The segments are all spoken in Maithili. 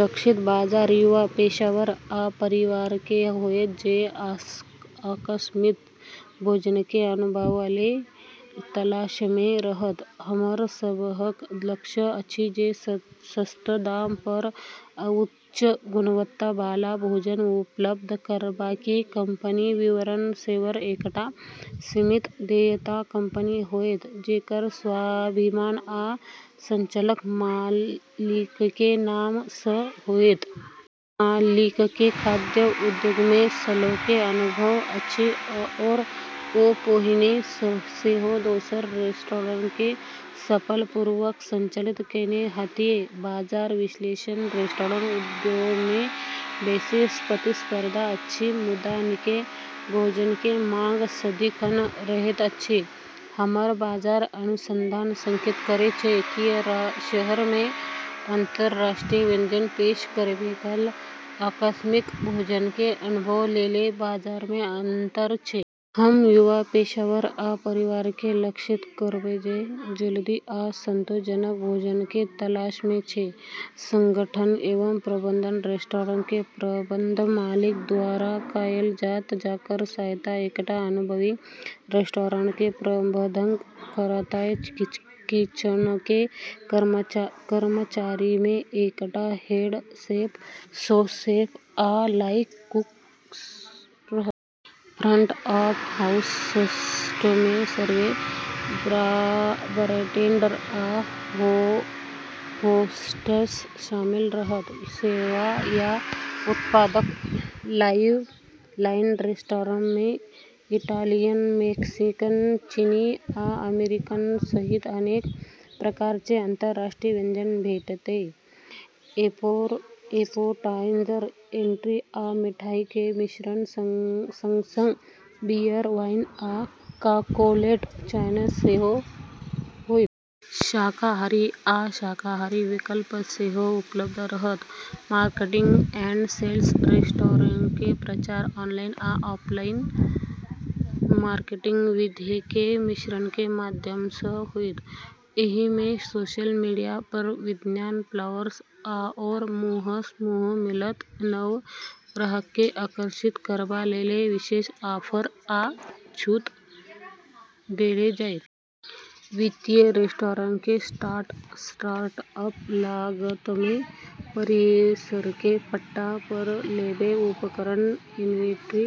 लक्षित बाजार युवा पेशेवर आ परिवारके होयत जे आकस्मिक भोजनके अनुभवके तलाशमे रहत। हमर सबहक लक्ष्य अछि जे सस्त दाम पर उच्च गुणवत्ताबला भोजन उपलब्ध कराबी। कंपनी विवरण सेवर एकटा सीमित देयता कंपनी होयत जेकर स्वामित्व आ संचालन [मालिकके नाम] सँ होइत । मालिकके खाद्य उद्योगमे सालोंके अनुभव अछि आओर ओ पहिने सेहो दोसर रेस्टोरेंटके सफलतापूर्वक संचालित केने छथि। बाजार विश्लेषण रेस्टोरेंट उद्योगमे बेसी प्रतिस्पर्धा अछि, मुदा नीक भोजनके मांग सदिखन रहैत अछि। हमर बाजार अनुसंधान संकेत करै छै कि शहरमे अंतरराष्ट्रीय व्यंजन पेश करैबला आकस्मिक भोजनके अनुभव लेल बाजारमे अंतर छै। हम युवा पेशेवर आ परिवारके लक्षित करब जे जल्दी आ संतोषजनक भोजनके तलाशमे छै। संगठन एवं प्रबंधन रेस्टोरेंटके प्रबंधन मालिक द्वारा कयल जाइत, जकर सहायता एकटा अनुभवी रेस्टोरेंट प्रबंधक करताह किचनके कर्मचारीमे एकटा हेड शेफ, सौस शेफ, आ लाइन कुक रहत। फ्रंट ऑफ हाउस स्टाफमे सर्वर, बारटेंडर आ होस्टेस शामिल रहत। सेवा या उत्पाद लाइन रेस्टोरेंटमे इटैलियन, मैक्सिकन, चीनी आ अमेरिकन सहित अनेक प्रकारके अंतर्राष्ट्रीय व्यंजन भेटत। ऐपेटाइज़र, एंट्री, आ मिठाईक मिश्रणक संग-संग बियर, वाइन, आ कॉकटेलक चयन सेहो होइत । शाकाहारी आ शाकाहारी विकल्प सेहो उपलब्ध रहत। मार्केटिंग एंड सेल्स रेस्टोरेंटके प्रचार ऑनलाइन आ ऑफलाइन मार्केटिंग विधिके मिश्रणके माध्यमसँ होइत । एहिमे सोशल मीडिया पर विज्ञापनफ्लाईयर आओर मुंहसँ मुंह मिलत। नव ग्राहकके आकर्षित करबा लेल विशेष ऑफर आ छूट देल जाइत । वित्तीय रेस्टोरेंटके स्टार्ट-अप लागतमे परिसरके पट्टा पर लेब, उपकरण, इन्वेंट्री,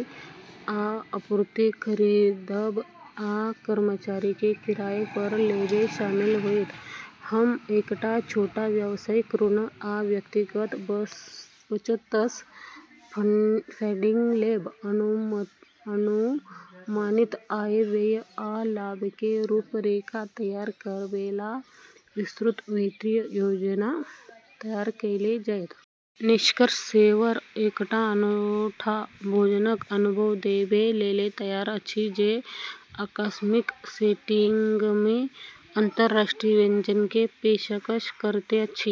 आ आपूर्ति खरीदब, आ कर्मचारीके किराया पर लेब शामिल होइत । हम एकटा छोट व्यवसायिक ऋण आ व्यक्तिगत बचतसँ फंडिंग लेब। अनुमानित आय, व्यय, आ लाभके रूपरेखा तैयार करैबला विस्तृत वित्तीय योजना तैयार कैल जेतय। निष्कर्ष सेवर एकटा अनूठा भोजनक अनुभव देबय लेल तैयार अछि, जे आकस्मिक सेटिंगमे अंतरराष्ट्रीय व्यंजनके पेशकश करैत अछि।